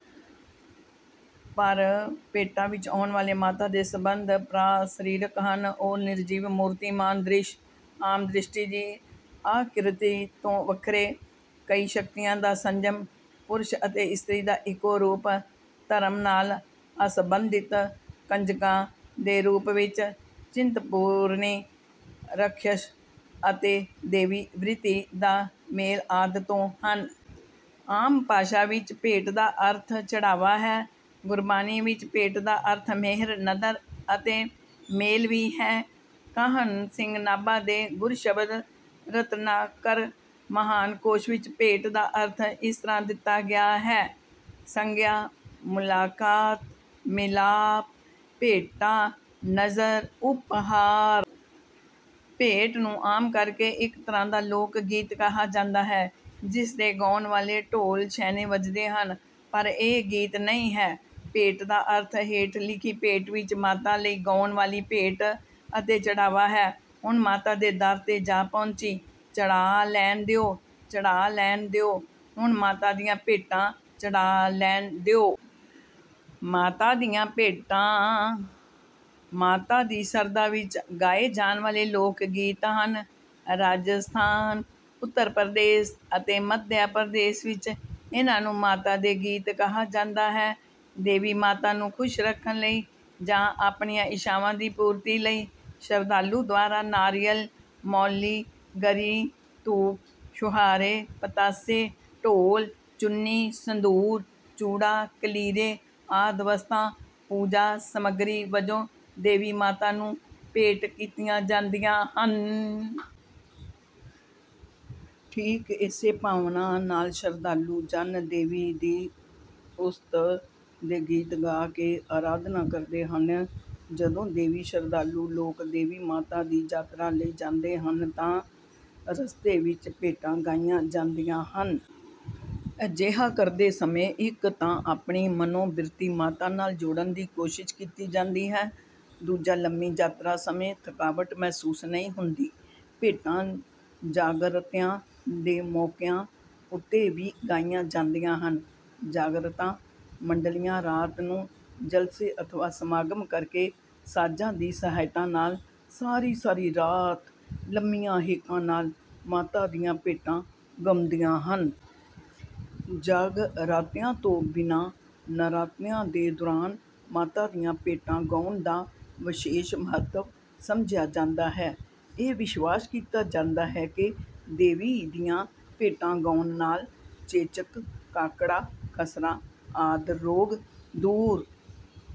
ਪਰ ਭੇਟਾਂ ਵਿੱਚ ਆਉਣ ਵਾਲੇ ਮਾਤਾ ਦੇ ਸੰਬੰਧ ਪਰਾ-ਸਰੀਰਕ ਹਨ। ਉਹ ਨਿਰਜੀਵ ਮੂਰਤੀਮਾਨ ਦ੍ਰਿਸ਼, ਆਮ ਦ੍ਰਿਸ਼ਟੀ ਦੀ ਆਕ੍ਰਿਤੀ ਤੋਂ ਵੱਖਰੇ, ਕਈ ਸ਼ਕਤੀਆਂ ਦਾ ਸੰਜਮ, ਪੁਰਸ਼ ਅਤੇ ਇਸਤਰੀ ਦਾ ਇੱਕੋ ਰੂਪ, ਧਰਮ ਨਾਲ ਅਸਬੰਧਿਤ, ਕੰਜਕਾਂ ਦੇ ਰੂਪ ਵਿੱਚ ਚਿੰਤਪੁਰਨੀ, ਰਾਖਸ਼ ਅਤੇ ਦੇਵੀ ਵਰਿਤੀ ਦਾ ਮੇਲ ਆਦਿ ਤੋਂ ਹਨ। ਆਮ ਭਾਸ਼ਾ ਵਿੱਚ ਭੇਟ ਦਾ ਅਰਥ ਚੜ੍ਹਾਵਾ ਹੈ। ਗੁਰਬਾਣੀ ਵਿੱਚ ਭੇਟ ਦਾ ਅਰਥ ਮਿਹਰ, ਨਦਰ ਅਤੇ ਮੇਲ ਵੀ ਹੈ। ਕਾਨ੍ਹ ਸਿੰਘ ਨਾਭਾ ਦੇ ਗੁਰਸ਼ਬਦ ਰਤਨਾਕਰ ਮਹਾਨ ਕੋਸ਼ ਵਿੱਚ ਭੇਟ ਦਾ ਅਰਥ ਇਸ ਤਰ੍ਹਾਂ ਦਿੱਤਾ ਗਿਆ ਹੈ: ਸੰਗਿਆ- ਮੁਲਾਕਾਤ, ਮਿਲਾਪ, ਭੇਟਾ, ਨਜ਼ਰ, ਉਪਹਾਰ। ਭੇਟ ਨੂੰ ਆਮ ਕਰ ਕੇ ਇੱਕ ਤਰ੍ਹਾਂ ਦਾ ਲੋਕ ਗੀਤ ਕਿਹਾ ਜਾਂਦਾ ਹੈ, ਜਿਸ ਦੇ ਗਾਉਣ ਵੇਲੇ ਢੋਲ, ਛੈਣੇ ਵੱਜਦੇ ਹਨ, ਪਰ ਇਹ ਗੀਤ ਨਹੀਂ ਹੈ। ਭੇਟ ਦਾ ਅਰਥ ਹੇਠ ਲਿਖੀ ਭੇਟ ਵਿੱਚ ਮਾਤਾ ਲਈ ਗਾਉਣ ਵਾਲ਼ੀ ਭੇਟ ਅਤੇ ਚੜ੍ਹਾਵਾ ਹੈ: "ਹੁਣ ਮਾਤਾ ਦੇ ਦਰ ਤੇ ਜਾ ਪਹੁੰਚੀ, ਚੜ੍ਹਾ ਲੈਣ ਦਿਓ, ਚੜ੍ਹਾ ਲੈਣ ਦਿਓ, ਹੁਣ ਮਾਤਾ ਦੀਆਂ ਭੇਟਾਂ ਚੜ੍ਹਾ ਲੈਣ ਦਿਓ"। ਮਾਤਾ ਦੀਆਂ ਭੇਟਾਂ ਮਾਤਾ ਦੀ ਸ਼ਰਧਾ ਵਿੱਚ ਗਾਏ ਜਾਣ ਵਾਲ਼ੇ ਲੋਕ ਗੀਤ ਹਨ। ਰਾਜਸਥਾਨ, ਉੱਤਰ ਪ੍ਰਦੇਸ਼ ਅਤੇ ਮੱਧ ਪ੍ਰਦੇਸ਼ ਵਿੱਚ ਇਹਨਾਂ ਨੂੰ ਮਾਤਾ ਦੇ ਗੀਤ ਕਿਹਾ ਜਾਂਦਾ ਹੈ। ਦੇਵੀ ਮਾਤਾ ਨੂੰ ਖੁਸ਼ ਰੱਖਨ ਲਈ ਰਨ ਲਈ ਜਾਂ ਆਪਣੀਆਂ ਇੱਛਾਵਾਂ ਦੀ ਪੂਰਤੀ ਲਈ ਸ਼ਰਧਾਲੂ ਦੁਆਰਾ ਨਾਰੀਅਲ, ਮੌਲੀ, ਗਰੀ, ਧੂਪ, ਛੁਆਰੇ, ਪਤਾਸੇ, ਢੋਲ, ਚੁੰਨੀ, ਸਿੰਧੂਰ, ਚੂੜਾ, ਕਲੀਰੇ ਆਦਿ ਵਸਤਾਂ ਪੂਜਾ ਸਮੱਗਰੀ ਵਜੋਂ ਦੇਵੀ ਮਾਤਾ ਨੂੰ ਭੇਟ ਕੀਤੀਆਂ ਜਾਂਦੀਆਂ ਹਨ। ਠੀਕ ਇਸੇ ਭਾਵਨਾ ਨਾਲ ਸ਼ਰਧਾਲੂ ਜਨ ਦੇਵੀ ਦੀ ਉਸਤ ਦੇ ਗੀਤ ਗਾ ਕੇ ਅਰਾਧਨਾ ਕਰਦੇ ਹਨ। ਜਦੋਂ ਦੇਵੀ ਸ਼ਰਧਾਲੂ ਲੋਕ ਦੇਵੀ ਮਾਤਾ ਦੀ ਯਾਤਰਾ ਲਈ ਜਾਂਦੇ ਹਨ ਤਾਂ ਰਸਤੇ ਵਿੱਚ ਭੇਟਾਂ ਗਾਈਆਂ ਜਾਂਦੀਆਂ ਹਨ। ਅਜਿਹਾ ਕਰਦੇ ਸਮੇਂ ਇੱਕ ਤਾਂ ਆਪਣੀ ਮਨੋਬਿਰਤੀ ਮਾਤਾ ਨਾਲ ਜੋੜਨ ਦੀ ਕੋਸ਼ਿਸ਼ ਕੀਤੀ ਜਾਂਦੀ ਹੈ, ਦੂਜਾ ਲੰਮੀ ਯਾਤਰਾ ਸਮੇਂ ਥਕਾਵਟ ਮਹਿਸੂਸ ਨਹੀਂ ਹੁੰਦੀ। ਭੇਟਾਂ ਜਾਗਰਾਤਿਆਂ ਦੇ ਮੌਕਿਆਂ ਉੱਤੇ ਵੀ ਗਾਈਆਂ ਜਾਂਦੀਆਂ ਹਨ। ਜਾਗਰਾਤਾ ਮੰਡਲੀਆਂ ਰਾਤ ਨੂੰ ਜਲਸੇ ਅਥਵਾ ਸਮਾਗਮ ਕਰ ਕੇ ਸਾਜ਼ਾਂ ਦੀ ਸਹਾਇਤਾ ਨਾਲ ਸਾਰੀ-ਸਾਰੀ ਰਾਤ ਲੰਮੀਆਂ ਹੇਕਾਂ ਨਾਲ ਮਾਤਾ ਦੀਆਂ ਭੇਟਾਂ ਗਾਉਂਦੀਆਂ ਹਨ। ਜਾਗਰਾਤਿਆਂ ਤੋਂ ਬਿਨਾਂ ਨਰਾਤਿਆਂ ਦੇ ਦੌਰਾਨ ਮਾਤਾ ਦੀਆਂ ਭੇਟਾਂ ਗਾਉਣ ਦਾ ਵਿਸ਼ੇਸ਼ ਮਹੱਤਵ ਸਮਝਿਆ ਜਾਂਦਾ ਹੈ। ਇਹ ਵਿਸ਼ਵਾਸ ਕੀਤਾ ਜਾਂਦਾ ਹੈ ਕਿ ਦੇਵੀ ਦੀਆਂ ਭੇਟਾਂ ਗਾਉਣ ਨਾਲ ਚੇਚਕ, ਕਾਕੜਾ, ਖਸਰਾ ਆਦਿ ਰੋਗ ਦੂਰ